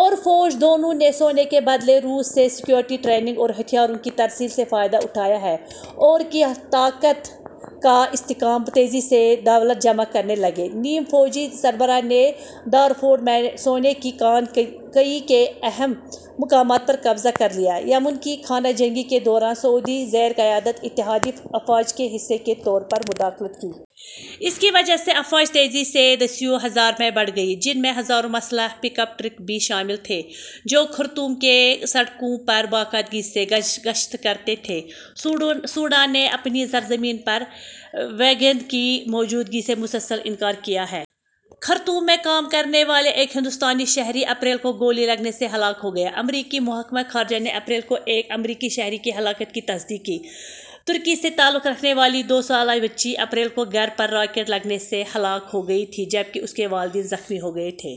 اور فوج دونوں نے سونے کے بدلے روس سے سیکورٹی ٹریننگ اور ہتھیاروں کی ترسیل سے فائدہ اٹھایا ہے۔ اور کی طاقت کا استحکام تیزی سے دولت جمع کرنے لگے، نیم فوجی سربراہ نے دارفور میں سونے کی کان کنی کے اہم مقامات پر قبضہ کر لیا، یمن کی خانہ جنگی کے دوران سعودی زیرقیادت اتحادی افواج کے حصے کے طور پر مداخلت کی۔ اس کی وجہ سے افواج تیزی سے دسیوں ہزار میں بڑھ گئیں، جن میں ہزاروں مسلح پک اپ ٹرک بھی شامل تھے، جو خرطوم کی سڑکوں پر باقاعدگی سے گشت کرتے تھے۔ سوڈان نے اپنی سرزمین پر ویگنر کی موجودگی سے مسلسل انکار کیا ہے۔ ۔ خرطوم میں کام کرنے والا ایک ہندوستانی شہری اپریل کو گولی لگنے سے ہلاک ہو گیا۔ امریکی محکمہ خارجہ نے اپریل کو ایک امریکی شہری کی ہلاکت کی تصدیق کی۔ ترکی سے تعلق رکھنے والی دو سالہ بچی اپریل کو گھر پر راکٹ لگنے سے ہلاک ہو گئی تھی جبکہ اس کے والدین زخمی ہو گئے تھے۔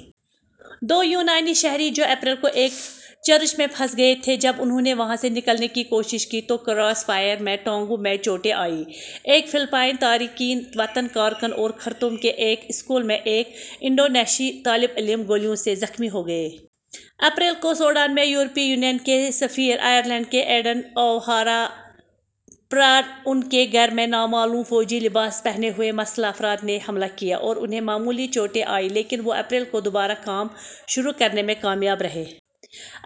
دو یونانی شہری جو اپریل کو ایک چرچ میں پھنس گئے تھے جب انھوں نے وہاں سے نکلنے کی کوشش کی تو کراس فائر میں ٹانگوں میں چوٹیں آئیں۔ ایک فلپائنی تارکین وطن کارکن اور خرطوم کے ایک اسکول میں ایک انڈونیشی طالب علم گولیوں سے زخمی ہو گئے۔ اپریل کو، سوڈان میں یورپی یونین کے سفیر، آئرلینڈ کے ایڈن اوہارا پر ان کے گھر میں نامعلوم "فوجی لباس پہنے ہوئے مسلح افراد" نے حملہ کیا اور انھیں معمولی چوٹیں آئیں لیکن وہ اپریل کو دوبارہ کام شروع کرنے میں کامیاب رہے۔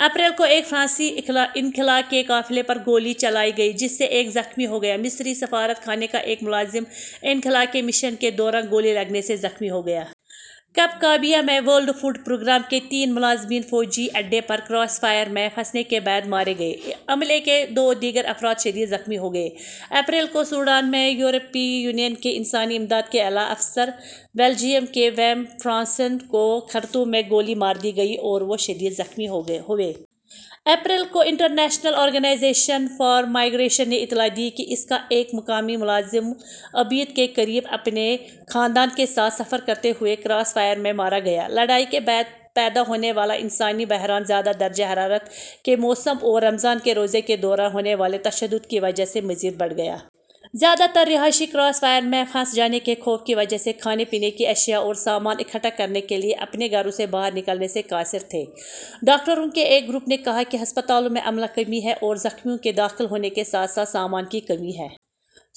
اپریل کو ایک فرانسیسی انخلاء کے قافلے پر گولی چلائی گئی جس سے ایک زخمی ہو گیا۔ مصری سفارت خانے کا ایک ملازم انخلاء کے مشن کے دوران گولی لگنے سے زخمی ہو گیا۔ کبکابیہ میں، ورلڈ فوڈ پروگرام کے تین ملازمین فوجی اڈے پر کراس فائر میں پھنسنے کے بعد مارے گئے۔ عملے کے دو دیگر افراد شدید زخمی ہو گئے۔ اپریل کو، سوڈان میں یورپی یونین کے انسانی امداد کے اعلیٰ افسر، بیلجیئم کے ویم فرانسن کو خرطوم میں گولی مار دی گئی اور وہ شدید زخمی ہوئے۔ اپریل کو، انٹرنیشنل آرگنائزیشن فار مائیگریشن نے اطلاع دی کہ اس کا ایک مقامی ملازم العبید کے قریب اپنے خاندان کے ساتھ سفر کرتے ہوئے کراس فائر میں مارا گیا۔ لڑائی کے بعد پیدا ہونے والا انسانی بحران زیادہ درجہ حرارت کے موسم اور رمضان کے روزے کے دوران ہونے والے تشدد کی وجہ سے مزید بڑھ گیا۔ زیادہ تر رہائشی کراس فائر میں پھنس جانے کے خوف کی وجہ سے کھانے پینے کی اشیاء اور سامان اکٹھا کرنے کے لیے اپنے گھروں سے باہر نکلنے سے قاصر تھے۔ ڈاکٹروں کے ایک گروپ نے کہا کہ ہسپتالوں میں عملہ کمی ہے اور زخمیوں کے داخل ہونے کے ساتھ ساتھ سامان کی کمی ہے۔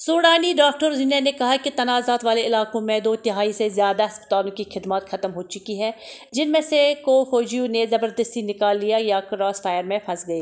سوڈانی ڈاکٹرز یونین نے کہا کہ تنازعات والے علاقوں میں دو تہائی سے زیادہ ہسپتالوں کی خدمات ختم ہو چکی ہیں جن میں سے کو فوجیوں نے زبردستی نکال لیا یا کراس فائر میں پھنس گئے۔